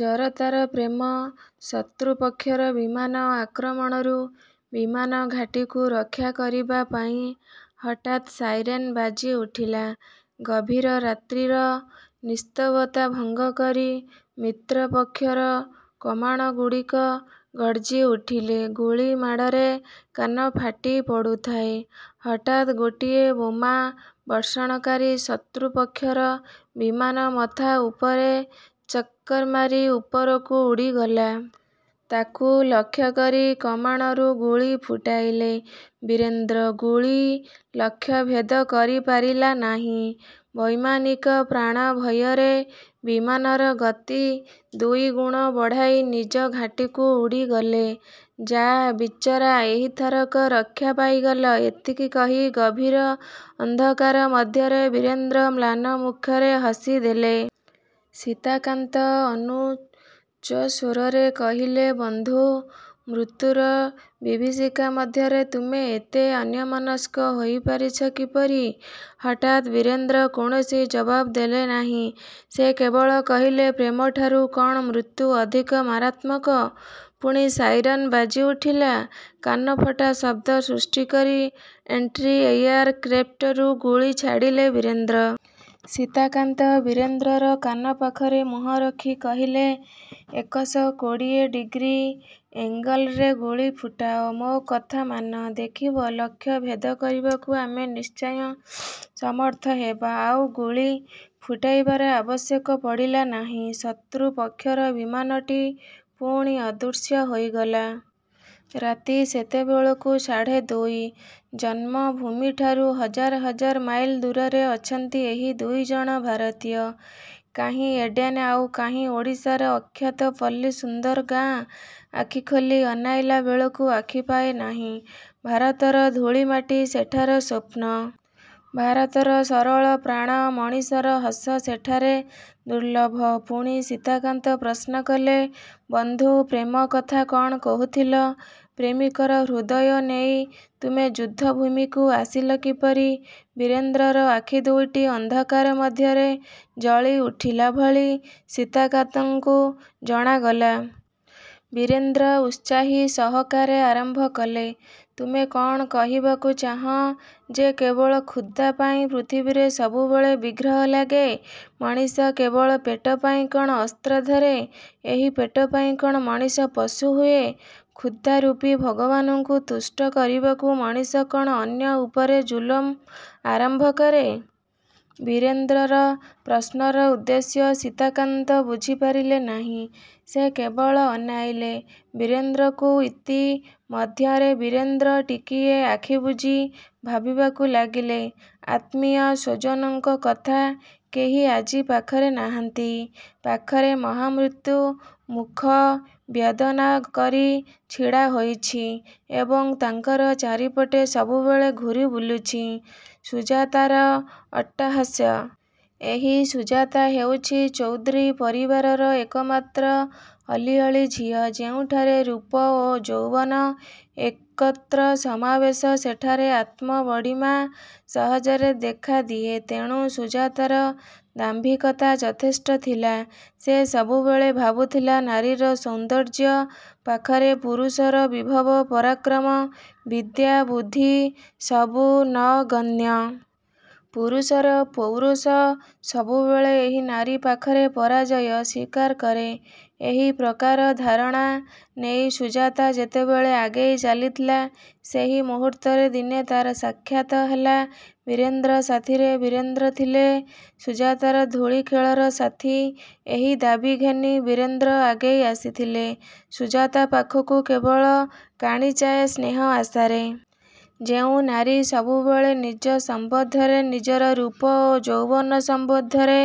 ଜରତାର ପ୍ରେମ ଶତ୍ରୁପକ୍ଷର ବିମାନ ଆକ୍ରମଣରୁ ବିମାନଘାଟୀକୁ ରକ୍ଷା କରିବାପାଇଁ ହଠାତ୍ ସାଇରେନ୍ ବାଜିଉଠିଲା। ଗଭୀର ରାତ୍ରିର ନିସ୍ତବ୍ଧତା ଭଙ୍ଗକରି ମିତ୍ର ପକ୍ଷର କମାଣଗୁଡ଼ିକ ଗର୍ଜିଉଠିଲେ। ଗୁଳିମାଡ଼ରେ କାନ ଫାଟିପଡ଼ୁଥାଏ। ହଠାତ୍ ଗୋଟିଏ ବୋମାବର୍ଷଣକାରୀ ଶତ୍ରୁପକ୍ଷର ବିମାନ ମଥା ଉପରେ ଚକ୍କର ମାରି ଉପରକୁ ଉଡ଼ିଗଲା। ତାକୁ ଲକ୍ଷ୍ୟକରି କମାଣରୁ ଗୁଳି ଫୁଟାଇଲେ ବୀରେନ୍ଦ୍ର। ଗୁଳି ଲକ୍ଷ୍ୟଭେଦ କରିପାରିଲା ନାହିଁ। ବୈମାନିକ ପ୍ରାଣଭୟରେ ବିମାନର ଗତି ଦୁଇଗୁଣ ବଢ଼ାଇ ନିଜ ଘାଟିକୁ ଉଡ଼ିଗଲେ। ''ଯାଃ, ବିଚରା ଏହି ଥରକ ରକ୍ଷା ପାଇଗଲା'' ଏତିକି କହି ଗଭୀର ଅନ୍ଧକାର ମଧ୍ୟରେ ବୀରେନ୍ଦ୍ର ମ୍ଳାନ ମୁଖରେ ହସିଦେଲେ। ସୀତାକାନ୍ତ ଅନୁଚ୍ଚ ସ୍ୱରରେ କହିଲେ ''ବନ୍ଧୁ! ମୃତ୍ୟୁର ବିଭୀଷିକା ମଧ୍ୟରେ ତୁମେ ଏତେ ଅନ୍ୟମନସ୍କ ହୋଇପାରିଛ କିପରି? '' ହଠାତ୍ ବୀରେନ୍ଦ୍ର କୌଣସି ଜବାବ୍ ଦେଲେନାହିଁ। ସେ କେବଳ କହିଲେ, ''ପ୍ରେମଠାରୁ କ'ଣ ମୃତ୍ୟୁ ଅଧିକ ମାରାତ୍ମକ? '' ପୁଣି ସାଇରନ୍ ବାଜିଉଠିଲା। କାନଫଟା ଶବ୍ଦ ସୃଷ୍ଟିକରି ଏଣ୍ଟ୍ରିଏୟାର କ୍ରେପ୍ଟରୁ ଗୁଳି ଛାଡ଼ିଲେ ବୀରେନ୍ଦ୍ର। ସୀତାକାନ୍ତ ବୀରେନ୍ଦ୍ରର କାନ ପାଖରେ ମୁହଁରଖି କହିଲେ, ''ଏକଶ କୋଡ଼ିଏ ଡିଗ୍ରୀ ଏଙ୍ଗେଲରେ ଗୁଳି ଫୁଟାଅ। ମୋ କଥା ମାନ, ଦେଖିବ ଲକ୍ଷ୍ୟ ଭେଦ କରିବାକୁ ଆମେ ନିଶ୍ଚୟ ସମର୍ଥ ହେବା। '' ଆଉ ଗୁଳି ଫୁଟାଇବାର ଆବଶ୍ୟକ ପଡ଼ିଲା ନାହିଁ। ଶତ୍ରୁପକ୍ଷର ବିମାନଟି ପୁଣି ଅଦୃଶ୍ୟ ହୋଇଗଲା। ରାତି ସେତେବେଳକୁ ସାଢ଼େ ଦୁଇ। ଜନ୍ମଭୂମିଠାରୁ ହଜାର ହଜାର ମାଇଲ ଦୂରରେ ଅଛନ୍ତି ଏହି ଦୁଇଜଣ ଭାରତୀୟ। କାହିଁ ଏଡେନ୍ ଆଉ କାହିଁ ଓଡ଼ିଶାର ଅଖ୍ୟାତ ପଲ୍ଲୀ ସୁନ୍ଦର ଗାଁ। ଆଖି ଖୋଲି ଅନାଇଲା ବେଳକୁ ଆଖି ପାଏନାହିଁ। ଭାରତର ଧୂଳି ମାଟି ସେଠାରେ ସ୍ୱପ୍ନ। ଭାରତର ସରଳ ପ୍ରାଣ ମଣିଷର ହସ ସେଠାରେ ଦୁର୍ଲ୍ଲଭ। ପୁଣି ସୀତାକାନ୍ତ ପ୍ରଶ୍ନକଲେ ''ବନ୍ଧୁ! ପ୍ରେମ କଥା କ'ଣ କହୁଥିଲ? ପ୍ରେମିକର ହୃଦୟ ନେଇ ତୁମେ ଯୁଦ୍ଧଭୂମିକୁ ଆସିଲ କିପରି? '' ବୀରେନ୍ଦ୍ରର ଆଖି ଦୁଇଟି ଅନ୍ଧକାର ମଧ୍ୟରେ ଜଳି ଉଠିଲା ଭଳି ସୀତାକାନ୍ତକୁ ଜଣାଗଲା-। ବୀରେନ୍ଦ୍ର ଉତ୍ସାହୀ ସହକାରେ ଆରମ୍ଭକଲେ ''ତୁମେ କ'ଣ କହିବାକୁ ଚାହଁ ଯେ କେବଳ କ୍ଷୁଧାପାଇଁ ପୃଥିବୀରେ ସବୁବେଳେ ବିଗ୍ରହ ଲାଗେ? ମଣିଷ କେବଳ ପେଟପାଇଁ କ'ଣ ଅସ୍ତ୍ର ଧରେ? ଏହି ପେଟପାଇଁ କ'ଣ ମଣିଷ ପଶୁ ହୁଏ? କ୍ଷୁଧାରୂପୀ ଭଗବାନଙ୍କୁ ତୁଷ୍ଟ କରିବାକୁ ମଣିଷ କ'ଣ ଅନ୍ୟ ଉପରେ ଜୁଲୁମ ଆରମ୍ଭ କରେ? '' ବୀରେନ୍ଦ୍ରର ପ୍ରଶ୍ନର ଉଦ୍ଦେଶ୍ୟ ସୀତାକାନ୍ତ ବୁଝିପାରିଲେ ନାହିଁ। ସେ କେବଳ ଅନାଇଲେ ବୀରେନ୍ଦ୍ରକୁ। ଇତିମଧ୍ୟରେ ବୀରେନ୍ଦ୍ର ଟିକିଏ ଆଖିବୁଜି ଭାବିବାକୁ ଲାଗିଲେ ଆତ୍ମୀୟ ସ୍ୱଜନଙ୍କ କଥା। କେହି ଆଜି ପାଖରେ ନାହାନ୍ତି। ପାଖରେ ମହାମୃତ୍ୟୁ ମୁଖ ବ୍ୟାଦାନକରି ଛିଡ଼ାହୋଇଛି ଏବଂ ତାଙ୍କର ଚାରିପଟେ ସବୁବେଳେ ଘୂରିବୁଲୁଛି ସୁଜାତାର ଅଟ୍ଟହାସ। ଏହି ସୁଜାତା ହେଉଛି ଚୌଧୁରୀ ପରିବାରର ଏକମାତ୍ର ଅଲିଅଳି ଝିଅ। ଯେଉଁଠାରେ ରୂପ ଓ ଯୌବନ ଏକତ୍ର ସମାବେଶ ସେଠାରେ ଆତ୍ମବଡ଼ିମା ସହଜରେ ଦେଖାଦିଏ। ତେଣୁ ସୁଜାତାର ଦାମ୍ଭିକତା ଯଥେଷ୍ଟ ଥିଲା। ସେ ସବୁବେଳେ ଭାବୁଥିଲା ନାରୀର ସୌନ୍ଦର୍ଯ୍ୟ ପାଖରେ ପୁରୁଷର ବିଭବ, ପରାକ୍ରମ ବିଦ୍ୟା, ବୁଦ୍ଧି ସବୁ ନଗଣ୍ୟ। ପୁରୁଷର ପୌରଷ ସବୁବେଳେ ଏହି ନାରୀ ପାଖରେ ପରାଜୟ ସ୍ୱୀକାର କରେ। ଏହି ପ୍ରକାର ଧାରଣା ନେଇ ସୁଜାତା ଯେତେବେଳେ ଆଗେଇ ଚାଲିଥିଲା, ସେହି ମୁହୂର୍ତ୍ତରେ ଦିନେ ତା'ର ସାକ୍ଷାତ ହେଲା ବୀରେନ୍ଦ୍ର ସାଥୀରେ। ବୀରେନ୍ଦ୍ର ଥିଲେ ସୁଜାତାର ଧୂଳିଖେଳର ସାଥୀ। ଏହି ଦାବି ଘେନି ବୀରେନ୍ଦ୍ର ଆଗେଇ ଆସିଥିଲେ ସୁଜାତା ପାଖକୁ କେବଳ କାଣିଚାଏ ସ୍ନେହ ଆଶାରେ। ଯେଉଁ ନାରୀ ସବୁବେଳେ ନିଜ ସମ୍ୱନ୍ଧରେ, ନିଜର ରୂପ ଓ ଯୌବନ ସମ୍ୱନ୍ଧରେ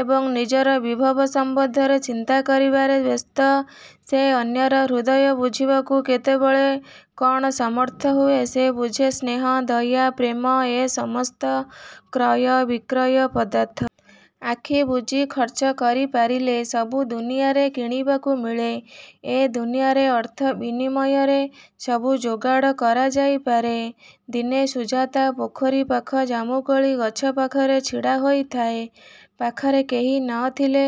ଏବଂ ନିଜର ବିଭବ ସମ୍ୱନ୍ଧରେ ଚିନ୍ତା କରିବାରେ ବ୍ୟସ୍ତ ସେ ଅନ୍ୟର ହୃଦୟ ବୁଝିବାକୁ କେତେବେଳେ କ'ଣ ସମର୍ଥ ହୁଏ? ସେ ବୁଝେ ସ୍ନେହ, ଦୟା, ପ୍ରେମ ଏ ସମସ୍ତ କ୍ରୟ ବିକ୍ରୟ ପଦାର୍ଥ। ଆଖିବୁଜି ଖର୍ଚ୍ଚ କରିପାରିଲେ ସବୁ ଦୁନିଆରେ କିଣିବାକୁ ମିଳେ। ଏ ଦୁନିଆରେ ଅର୍ଥ ବିନିମୟରେ ସବୁ ଯୋଗାଡ଼ କରାଯାଇପାରେ! ଦିନେ ସୁଜାତା ପୋଖରୀ ପାଖ ଜାମୁକୋଳି ଗଛ ପାଖରେ ଛିଡ଼ା ହୋଇଥାଏ। ପାଖରେ କେହି ନ ଥିଲେ।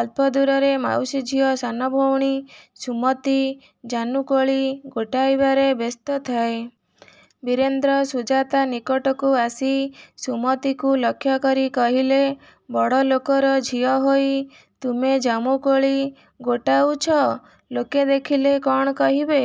ଅଳ୍ପ ଦୂରରେ ମାଉସୀ ଝିଅ ସାନ ଭଉଣୀ ସୁମତୀ ଜାନୁକୋଳି ଗୋଟାଇବାରେ ବ୍ୟସ୍ତ ଥାଏ। ବୀରେନ୍ଦ୍ର ସୁଜାତା ନିକଟକୁ ଆସି ସୁମତୀକୁ ଲକ୍ଷ୍ୟକରି କହିଲେ, ''ବଡ଼ଲୋକର ଝିଅ ହୋଇ ତୁମେ ଜାମୁକୋଳି ଗୋଟାଉଛ? ଲୋକେ ଦେଖିଲେ କ'ଣ କହିବେ।